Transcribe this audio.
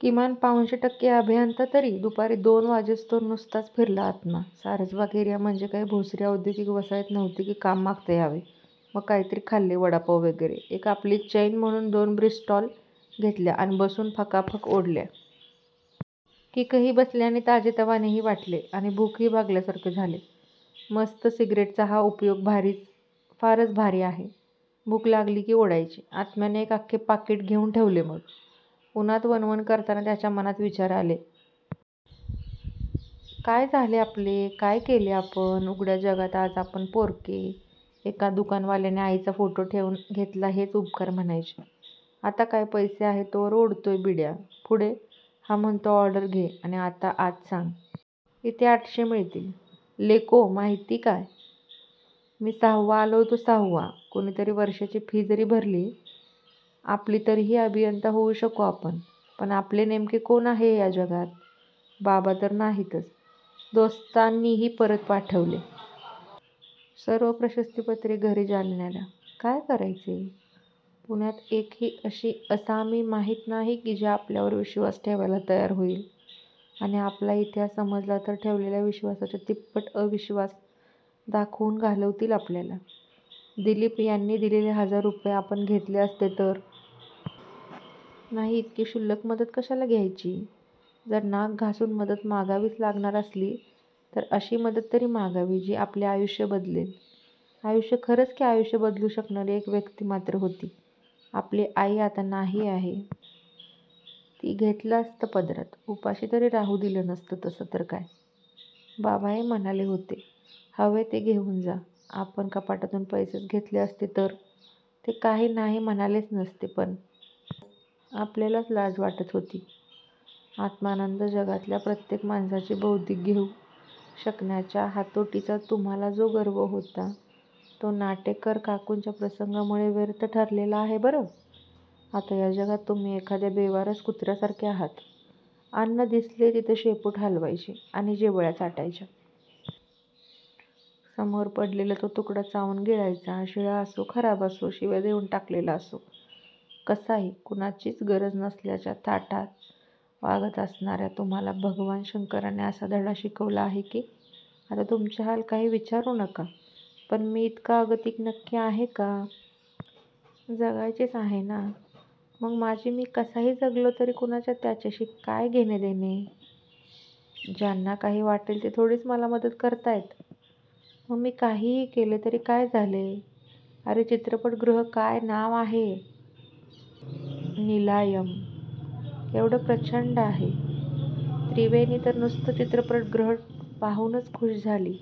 किमान, पाउणशे टक्के अभियंता तरी? दुपारी दोन वाजेस्तोवर नुसताच फिरला आत्मा! सारसबाग एरिया म्हणजे काही भोसरी औद्योगीक वसाहत नव्हती की काम मागता यावे! मग काहीतरी खाल्ले! वडापाव वगैरे! एक आपली चैन म्हणून दोन ब्रिस्टॉल घेतल्या अन बसून फकाफका ओढल्या. किकही बसली, ताजेतवानेही वाटले आणि भूकही भागल्यासारखे झाले. मस्त! सिगारेटचा हा उपयोग फारच भारी आहे. भूक लागली की ओढायची! आत्म्याने एक अख्खे पाकिट घेऊन ठेवले मग! उन्हात वणवण करताना त्याच्या मनात विचार आले. काय झाले आपले? काय केले आपण? उघड्या जगात आज आपण पोरके! एका दुकानवाल्याने आईचा फोटो ठेवून घेतला हेच उपकार म्हणायचे! आता काय? पैसे आहेत तोवर ओढतोय विड्या पुढे? हा म्हणतो, ऑर्डर घे आणि आत सांग! इथे आठशे मिळतील, लेको माहितीय का? मी सहाव्वा आलो होतो सहावा! कुणीतरी वर्षाची फी जरी भरली आपली तरीही अभियंता होऊ शकू आपण! पण आपले नेमके कोण आहे जगात? बाबा तर नाहीतच! दोस्तांनीही परत पाठवले. सर्व प्रशस्तीपत्रके घरी जालन्याला! काय करायचे? पुण्यात एकही अशी असामी माहीत नाही की जी आपल्यावर विश्वास ठेवायला तयार होईल! आणि आपला इतिहास समजला तर ठेवलेल्या विश्वासाच्या तिप्पट अविश्वास दाखवून घालवतील आपल्याला! दिलीप यांनी दिलेले हजार रुपये आपण घेतले असते तर? नाही! इतकी क्षुल्लक मदत कशाला घ्यायची? जर नाक घासून मदत मागावीच लागंणार असली. तर अशी मदत तरी मागावी.. जी आपले आयुष्य बदलेल. आयुष्य, खरच की आयुष्य बदलू शकणारी एक व्यक्ती मात्र होती. आपली आई आता नाही आहे. ती घेतलं असतं पदरात उपाशी तरी राहू दिलं नसतं तसं तर काय? बाबाही म्हणाले होते हवे ते घेऊन जा, आपण कपाटातून पैसेच घेतले असते तर? ते काही नाही म्हणालेच नसते.. पण.. आपल्यालाच लाज वाटत होती. आत्मानंद जगातल्या प्रत्येक माणसाचे बौद्धिक घेऊ शकण्याच्या हातोटीचा तुम्हाला जो गर्व होता. तो नाटेकरकाकूंच्या प्रसंगामुळे व्यर्थ ठरलेला आहे बरं? आता या जगात तुम्ही एखाद्या बेवारस कुत्र्यासारखे आहात. अन्न दिसेल तिथे शेपूट हालवायची आणि जिभल्या चाटायच्या. समोर पडेल तो तुकडा चावून गिळायचा. शिळा असो, खराब असो, शिव्या देऊन टाकलेला असो, कसाही कुणाचीच गरज नसल्याच्या थाटात वागत असणार्या तुम्हाला भगवान शंकरांनी असा धडा शिकवला आहे. की, आता तुमचे हाल काही विचारू नका, पण मी इतका अगतिक नक्की आहे का?? जगायचेच आहे ना? मग माझा मी कसाही जगलो तरी कुणाला त्याच्याशी काय देणेघेणे? ज्यांना काही वाटेल ते थोडीच मला मदत करतायत? मग मी काहीही केले तरी काय झाले. अरे! चित्रपटगृह काय नांव आहे? नीलायम! केवढं प्रचंड आहे. त्रिवेणी तर नुसतं चित्रपटगृह पाहूनच खुष झाली.